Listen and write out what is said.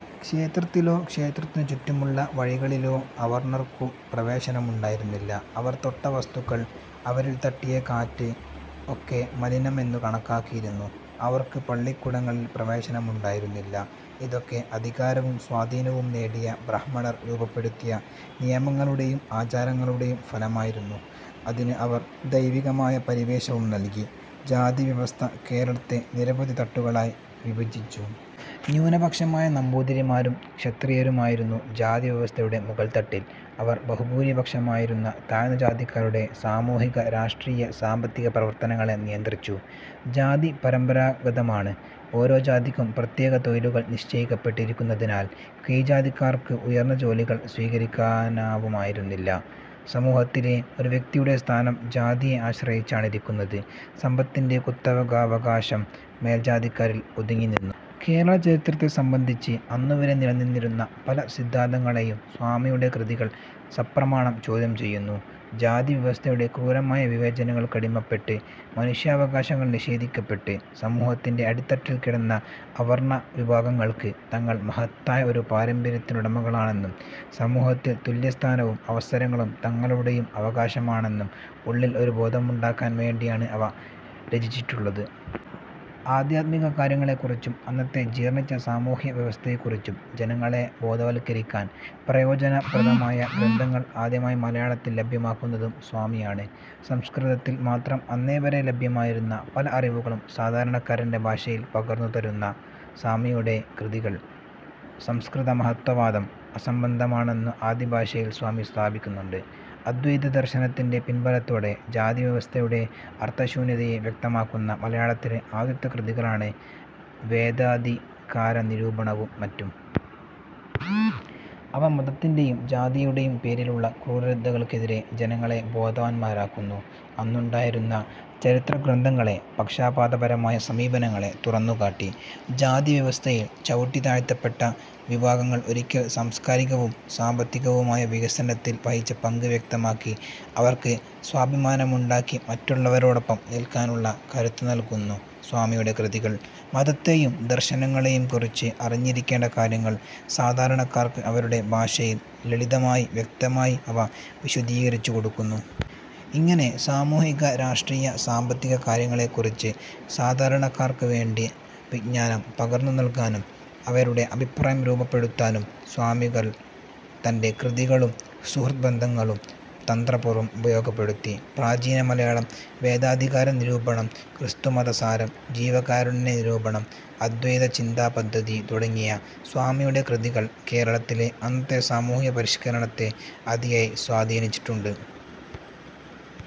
ക്ഷേത്രത്തിലോ ക്ഷേത്രത്തിനു ചുറ്റുമുള്ള വഴികളിലോ അവർണ്ണർക്കു് പ്രവേശനമുണ്ടായിരുന്നില്ല. അവർ തൊട്ട വസ്തുക്കൾ, അവരിൽ തട്ടിയ കാറ്റു് ഒക്കെ മലിനമെന്നു് കണക്കാക്കിയിരുന്നു. അവർക്കു് പള്ളിക്കുടങ്ങളിൽ പ്രവേശനമുണ്ടായിരുന്നില്ല. ഇതൊക്കെ അധികാരവും സ്വാധീനവും നേടിയ ബ്രാഹ്മണർ രൂപപ്പെടുത്തിയ നിയമങ്ങളുടെയും ആചാരങ്ങളുടെയും ഫലമായിരുന്നു. അതിനു് അവർ ദൈവികമായ പരിവേഷവും നൽകി. ജാതിവ്യവസ്ഥ കേരളത്തെ നിരവധി തട്ടുകളായി വിഭജിച്ചു. ന്യൂനപക്ഷമായ നമ്പൂതിരിമാരും, ക്ഷത്രിയരുമായിരുന്നു ജാതിവ്യവസ്ഥയുടെ മുകൾത്തട്ടിൽ. അവർ ബഹുഭൂരിപക്ഷമായിരുന്ന താഴ്ന്ന ജാതിക്കാരുടെ സാമൂഹിക, രാഷ്ട്രീയ സാമ്പത്തിക പ്രവർത്തനങ്ങളെ നിയന്ത്രിച്ചു. ജാതി പരമ്പരാഗതമാണു്, ഓരോ ജാതിക്കും പ്രത്യേക തൊഴിലുകൾ നിശ്ചയിക്കപ്പെട്ടിരിക്കുന്നതിനാൽ കീഴ്ജാതിക്കാർക്കു് ഉയർന്ന ജോലികൾ സ്വീകരിക്കാനാവുമായിരുന്നില്ല. സമൂഹത്തിലെ ഒരു വ്യക്തിയുടെ സ്ഥാനം ജാതിയെ ആശ്രയിച്ചാണിരിക്കുന്നതു്. സമ്പത്തിന്റെ കുത്തകാവകാശം മേൽജാതിക്കാരിൽ ഒതുങ്ങി നിന്നു. കേരള ചരിത്രത്തെ സംബന്ധിച്ചു് അന്നുവരെ നിലനിന്നിരുന്ന പല സിദ്ധാന്തങ്ങളെയും സ്വാമിയുടെ കൃതികൾ സപ്രമാണം ചോദ്യം ചെയ്യുന്നു. ജാതിവ്യവസ്ഥയുടെ ക്രൂരമായ വിവേചനങ്ങൾക്കടിമപ്പെട്ടു്, മനുഷ്യാവകാശങ്ങൾ നിഷേധിക്കപ്പെട്ടു് സമൂഹത്തിന്റെ അടിത്തട്ടിൽ കിടന്ന അവർണ്ണ വിഭാഗങ്ങൾക്കു്, തങ്ങൾ മഹത്തായ ഒരു പാരമ്പര്യത്തിനുടമകളാണെന്നും സമൂഹത്തിൽ തുല്യസ്ഥാനവും അവസരങ്ങളും തങ്ങളുടെയും അവകാശമാണെന്നും ഉള്ള ഒരു ബോധമുണ്ടാക്കാൻ വേണ്ടിയാണു് അവ രചിച്ചിട്ടുള്ളതു്. ആദ്ധ്യാത്മിക കാര്യങ്ങളെക്കുറിച്ചും, അന്നത്തെ ജീർണിച്ച സാമൂഹ്യ വ്യവസ്ഥയെക്കുറിച്ചും ജനങ്ങളെ ബോധവൽക്കരിക്കാൻ പ്രയോജനപ്രദമായ ഗ്രന്ഥങ്ങൾ ആദ്യമായി മലയാളത്തിൽ ലഭ്യമാക്കുന്നതും സ്വാമിയാണ്. സംസ്കൃതത്തിൽ മാത്രം അന്നേവരെ ലഭ്യമായിരുന്ന പല അറിവുകളും സാധാരണക്കാരന്റെ ഭാഷയിൽ പകർന്നു തരുന്നു സ്വാമിയുടെ കൃതികൾ, സംസ്കൃത മഹത്ത്വവാദം അസംബന്ധമാണെന്നു് ആദിഭാഷയിൽ സ്വാമി സ്ഥാപിക്കുന്നുണ്ട്. അദ്വൈത ദർശനത്തിന്റെ പിൻബലത്തോടെ ജാതി വ്യവസ്ഥയുടെ അർത്ഥശൂന്യതയെ വ്യക്തമാക്കുന്ന മലയാളത്തിലെ ആദ്യത്തെ കൃതികളാണു് വേദാധികാരനിരൂപണവും മറ്റും. അവ മതത്തിന്റെയും ജാതിയുടെയും പേരിലുള്ള ക്രൂരതകൾക്കെതിരെ ജനങ്ങളെ ബോധവാന്മാരാക്കുന്നു. അന്നുണ്ടായിരുന്ന ചരിത്ര ഗ്രന്ഥങ്ങളിലെ പക്ഷപാതപരമായ സമീപനങ്ങളെ തുറന്നുകാട്ടി, ജാതിവ്യവസ്ഥയിൽ ചവുട്ടിതാഴ്ത്തപ്പെട്ട വിഭാഗങ്ങൾ ഒരിക്കൽ സാംസ്കാരികവും സാമ്പത്തികവുമായ വികസനത്തിൽ വഹിച്ച പങ്കു് വ്യക്തമാക്കി അവർക്കു് സ്വാഭിമാനമുണ്ടാക്കി മറ്റുള്ളവരോടൊപ്പം നിൽക്കാനുള്ള കരുത്തു് നൽകുന്നു സ്വാമിയുടെ കൃതികൾ. മതത്തെയും ദർശനങ്ങളെയും കുറിച്ചു് അറിഞ്ഞിരിക്കേണ്ട കാര്യങ്ങൾ സാധാരണക്കാർക്കു് അവരുടെ ഭാഷയിൽ, ലളിതമായി വ്യക്തമായി അവ വിശദീകരിച്ചു കൊടുക്കുന്നു. ഇങ്ങനെ സാമൂഹിക രാഷ്ട്രീയ സാമ്പത്തിക കാര്യങ്ങളെക്കുറിച്ചു് സാധാരണക്കാർക്കു് വേണ്ട വിജ്ഞാനം പകർന്നു നൽകാനും അവരുടെ അഭിപ്രായം രൂപപ്പെടുത്താനും സ്വാമികൾ തന്റെ കൃതികളും സുഹൃദ് ബന്ധങ്ങളും തന്ത്രപൂർവ്വം ഉപയോഗപ്പെടുത്തി. പ്രാചീനമലയാളം, വേദാധികാര നിരൂപണം, ക്രിസ്തുമതസാരം, ജീവകാരുണ്യ നിരൂപണം, അദ്വൈതചിന്താപദ്ധതി തുടങ്ങിയ സ്വാമിയുടെ കൃതികൾ കേരളത്തിലെ അന്നത്തെ സാമൂഹ്യപരിഷ്കരണത്തെ അതിയായി സ്വാധീനിച്ചിട്ടുണ്ടു്.